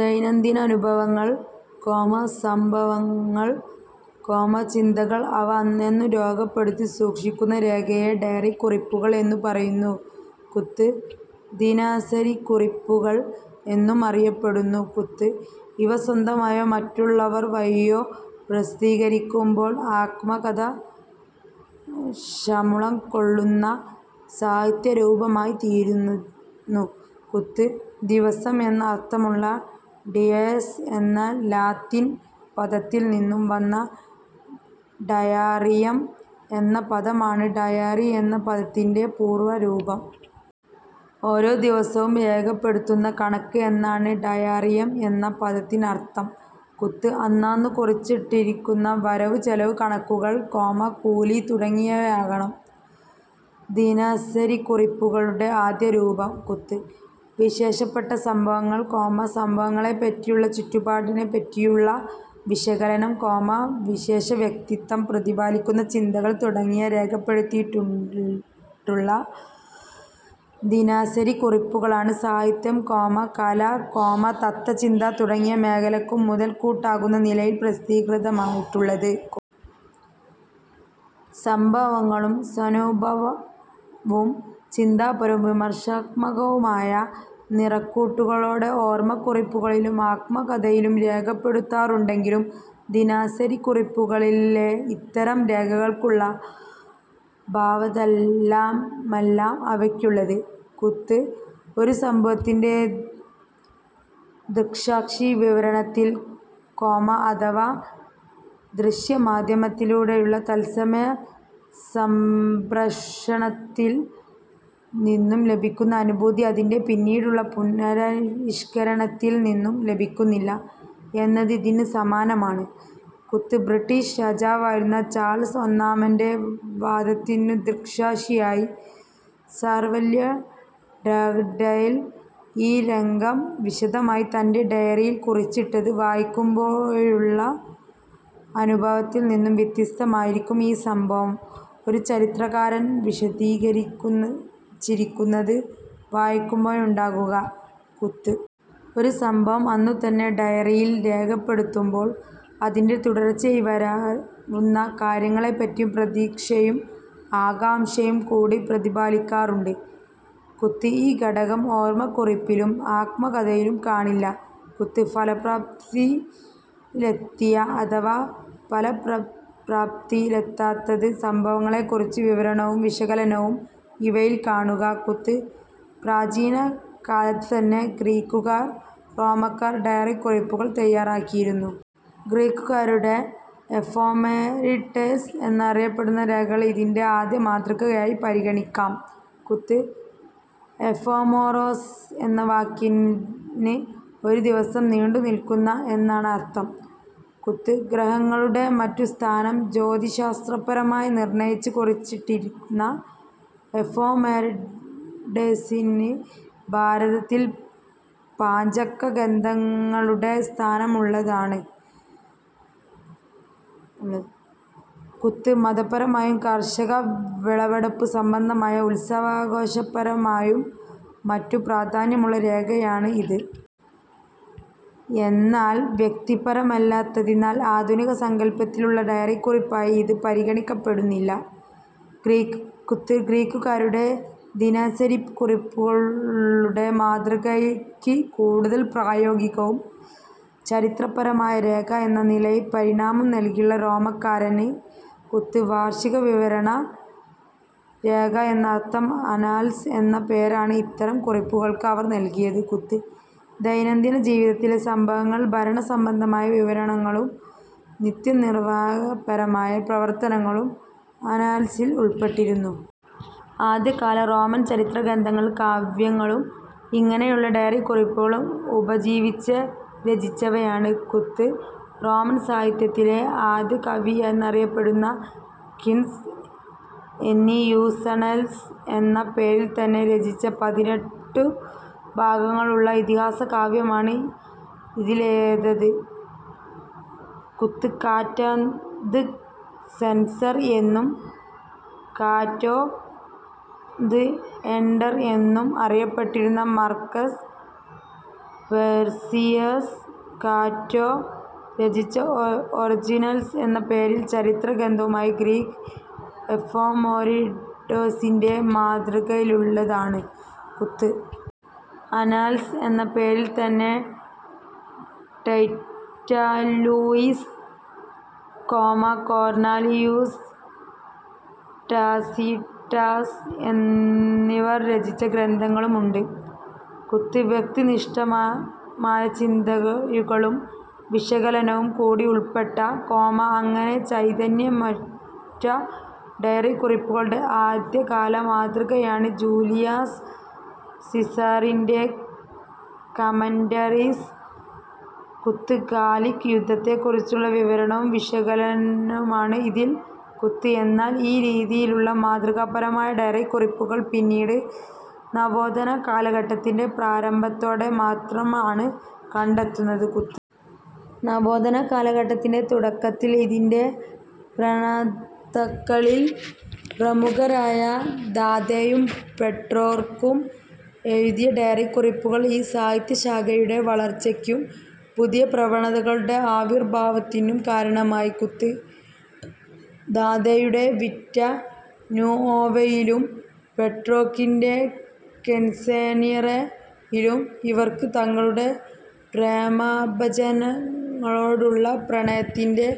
ദൈനംദിനാനുഭവങ്ങൾ, സംഭവങ്ങൾ, ചിന്തകൾ ഇവ അന്നന്നു രേഖപ്പെടുത്തി സൂക്ഷിക്കുന്ന രേഖയെ ഡയറികുറിപ്പുകൾ എന്നു പറയുന്നു. ദിനസരിക്കുറിപ്പുകൾ എന്നും അറിയപ്പെടുന്നു. ഇവ സ്വന്തമായോ മറ്റുള്ളവർ വഴിയോ പ്രസിദ്ധീകരിക്കുമ്പോൾ ആത്മകഥാംശമുൾക്കൊള്ളുന്ന സാഹിത്യരൂപമായിത്തീരുന്നു. ദിവസം എന്ന് അർഥമുള്ള ഡീയസ് എന്ന ലത്തീൻ പദത്തിൽ നിന്നു വന്ന ഡയാറിയം എന്ന പദമാണ് ഡയറി എന്ന പദത്തിന്റെ പൂർവരൂപം. ഓരോ ദിവസവും രേഖപ്പെടുത്തുന്ന കണക്ക് എന്നാണ് ഡയാറിയം എന്ന പദത്തിനർഥം. അന്നന്നു കുറിച്ചിട്ടിരുന്ന വരവു ചെലവു കണക്കുകൾ, കൂലി തുടങ്ങിയവയാകണം ദിനസരിക്കുറിപ്പുകളുടെ ആദ്യ രൂപം. വിശേഷപ്പെട്ട സംഭവങ്ങൾ, സംഭവങ്ങളെപ്പറ്റിയോ ചുറ്റുപാടിനെപ്പറ്റിയോ ഉള്ള വിശകലനം, വിശേഷ വ്യക്തിത്വം പ്രതിഫലിക്കുന്ന ചിന്തകൾ തുടങ്ങിയവ രേഖപ്പെടുത്തിയിട്ടുള്ള ദിനസരിക്കുറിപ്പുകളാണ് സാഹിത്യം, കല, തത്ത്വചിന്ത തുടങ്ങിയ മേഖലകൾക്കു മുതൽക്കൂട്ടാകുന്ന നിലയിൽ പ്രസിദ്ധീകൃതമായിട്ടുള്ളത്. സംഭവങ്ങളും സ്വാനുഭവവും ചിന്താപരവും വിമർശാത്മകവുമായ നിറക്കൂട്ടുകളോടെ ഓർമക്കുറിപ്പുകളിലും ആത്മകഥയിലും രേഖപ്പെടുത്താറുണ്ടെങ്കിലും ദിനസരിക്കുറിപ്പുകളിലെ ഇത്തരം രേഖകൾക്കുള്ള ഭാവതലമല്ല അവയ്ക്കുള്ളത്. ഒരു സംഭവത്തിന്റെ ദൃക്സാക്ഷി വിവരണത്തിൽ, അഥവാ ദൃശ്യമാധ്യമത്തിലൂടെയുള്ള തത്സമയ സംപ്രേഷണത്തിൽ നിന്നു ലഭിക്കുന്ന അനുഭൂതി അതിന്റെ പിന്നീടുള്ള പുനരാവിഷ്കരണത്തിൽ നിന്നു ലഭിക്കുന്നില്ല എന്നത് ഇതിനു സമാനമാണ്. ബ്രിട്ടിഷ് രാജാവായിരുന്ന ചാൾസ് ഒന്നാമന്റെ വധത്തിനു ദൃക്സാക്ഷിയായ സർ വില്യം ഡഗ്ഡെയിൽ ഈ രംഗം വിശദമായി തന്റെ ഡയറിയിൽ കുറിച്ചിട്ടതു വായിക്കുമ്പോഴുള്ള അനുഭവത്തിൽ നിന്ന് വ്യത്യസ്തമായിരിക്കും ഈ സംഭവം ഒരു ചരിത്രകാരൻ വിശദീകരിച്ചിരിക്കുന്നതു വായിക്കുമ്പോഴുണ്ടാകുക. ഒരു സംഭവം അന്നു തന്നെ ഡയറിയിൽ രേഖപ്പെടുത്തുമ്പോൾ അതിന്റെ തുടർച്ചയായി വരാവുന്ന കാര്യങ്ങളെപ്പറ്റിയുള്ള പ്രതീക്ഷയും ആകാംക്ഷയും കൂടി പ്രതിഫലിക്കാറുണ്ട്. ഈ ഘടകം ഓർമക്കുറിപ്പിലും ആത്മകഥയിലും കാണില്ല. ഫലപ്രാപ്തിയിലെത്തിയ അഥവാ ഫലപ്രാപ്തിയിലെത്താത്ത സംഭവങ്ങളെക്കുറിച്ചുള്ള വിവരണവും വിശകലനവുമാണ് ഇവയിൽ കാണുക. പ്രാചീന കാലത്തു തന്നെ ഗ്രീക്കുകാരും റോമാക്കാരും ഡയറിക്കുറിപ്പുകൾ തയ്യാറാക്കിയിരുന്നു. ഗ്രീക്കുകാരുടെ എഫെമെരിഡെസ് എന്നറിയപ്പെടുന്ന രേഖകൾ ഇതിന്റെ ആദ്യമാതൃകയായി പരിഗണിക്കാം. എഫെമെറോസ് എന്ന വാക്കിന് ഒരു ദിവസം നീണ്ടു നിൽക്കുന്നത് എന്നാണർഥം. ഗ്രഹങ്ങളുടെയും മറ്റും സ്ഥാനം ജ്യോതിശ്ശാസ്ത്രപരമായി നിർണയിച്ചു കുറിച്ചിട്ടിരുന്ന എഫെമെരിഡെസിന് ഭാരതത്തിലെ പഞ്ചാംഗ ഗ്രന്ഥങ്ങളുടെ സ്ഥാനമാണുള്ളത്. മതപരമായും കാർഷിക വിളവെടുപ്പു സംബന്ധമായും ഉത്സവാഘോഷപരമായും മറ്റും പ്രാധാന്യമുള്ള രേഖയാണ് ഇത്. എന്നാൽ വ്യക്തിപരമല്ലാത്തതിനാൽ ആധുനിക സങ്കല്പത്തിലുള്ള ഡയറിക്കുറിപ്പായി ഇത് പരിഗണിക്കപ്പെടുന്നില്ല. ഗ്രീക്കുകാരുടെ ദിനസരിക്കുറിപ്പുകളുടെ മാതൃകയ്ക്ക് കൂടുതൽ പ്രായോഗികവും ചരിത്രപരവുമായ രേഖ എന്ന നിലയിൽ പരിണാമം നൽകിയത് റോമാക്കാരാണ്. വാർഷിക വിവരണ രേഖ എന്നർഥമുള്ള അനൽസ് എന്ന പേരാണ് ഇത്തരം കുറിപ്പുകൾക്ക് അവർ നൽകിയത്. ദൈനംദിന ജീവിതത്തിലെ സംഭവങ്ങളും ഭരണസംബന്ധമായ വിവരണങ്ങളും നീതിനിർവാഹകരുടെ പ്രവർത്തനങ്ങളും അനൽസിൽ ഉൾപ്പെട്ടിരുന്നു. ആദ്യകാല റോമൻ ചരിത്ര ഗ്രന്ഥങ്ങളും കാവ്യങ്ങളും ഇങ്ങനെയുള്ള ഡയറിക്കുറിപ്പുകളെ ഉപജീവിച്ചു രചിച്ചവയാണ്. റോമൻ സാഹിത്യത്തിലെ ആദികവിയായറിയപ്പെടുന്ന ക്വിന്റസ് എന്നിയുസ് അനൽസ് എന്ന പേരിൽത്തന്നെ രചിച്ച പതിനെട്ടു ഭാഗങ്ങളുള്ള ഇതിഹാസ കാവ്യമാണ് ഇതിലാദ്യത്തേത്. കറ്റൊ ദ് സെൻസർ എന്നും കറ്റൊ ദ് എൽഡർ എന്നും അറിയപ്പെട്ടിരുന്ന മാർകസ് പോർസിയുസ് കറ്റൊ രചിച്ച ഒറിജിൻസ് എന്ന പേരിലുള്ള ചരിത്രഗ്രന്ഥവും ഗ്രീക്ക് എഫെമെരിഡെസിന്റെ മാതൃകയിലുള്ളതാണ്. അനൽസ് എന്ന പേരിൽത്തന്നെ റ്റൈറ്റസ് ലിയൂസ്, കോർണേലിയൂസ് റ്റാസിറ്റസ് എന്നിവർ രചിച്ച ഗ്രന്ഥങ്ങളുമുണ്ട്. വ്യക്തിനിഷ്ഠമായ ചിന്തകളും വിശകലനവും കൂടി ഉൾപ്പെട്ട, അങ്ങനെ ചൈതന്യമുറ്റ ഡയറിക്കുറിപ്പുകളുടെ ആദ്യകാല മാതൃകയാണ് ജൂലിയസ് സീസറിന്റെ കമന്ററീസ്. ഗാലിക് യുദ്ധത്തെക്കുറിച്ചുള്ള വിവരണവും വിശകലനവുമാണ് ഇതിൽ. എന്നാൽ ഈ രീതിയിലുള്ള മാതൃകാപരമായ ഡയറിക്കുറിപ്പുകൾ പിന്നീട് നവോത്ഥാനകാലഘട്ടത്തിന്റെ പ്രാരംഭത്തോടെ മാത്രമാണ് കണ്ടെത്തുന്നത്. നവോത്ഥാന കാലഘട്ടത്തിന്റെ തുടക്കത്തിൽ ഇതിന്റെ പ്രണേതാക്കളിൽ പ്രമുഖരായ ദാന്തെയും പെട്രാർക്കും എഴുതിയ ഡയറിക്കുറിപ്പുകൾ ഈ സാഹിത്യശാഖയുടെ വളർച്ചയ്ക്കും പുതിയ പ്രവണതകളുടെ ആവിർഭാവത്തിനും കാരണമായി. ദാന്തെയുടെ വിറ്റ നുഒവ യിലും പെട്രാർക്കിന്റെ കൻസൊനീറെ യിലും ഇവർക്ക് തങ്ങളുടെ പ്രേമഭാജനങ്ങളോടുള്ള പ്രണയത്തിന്റെ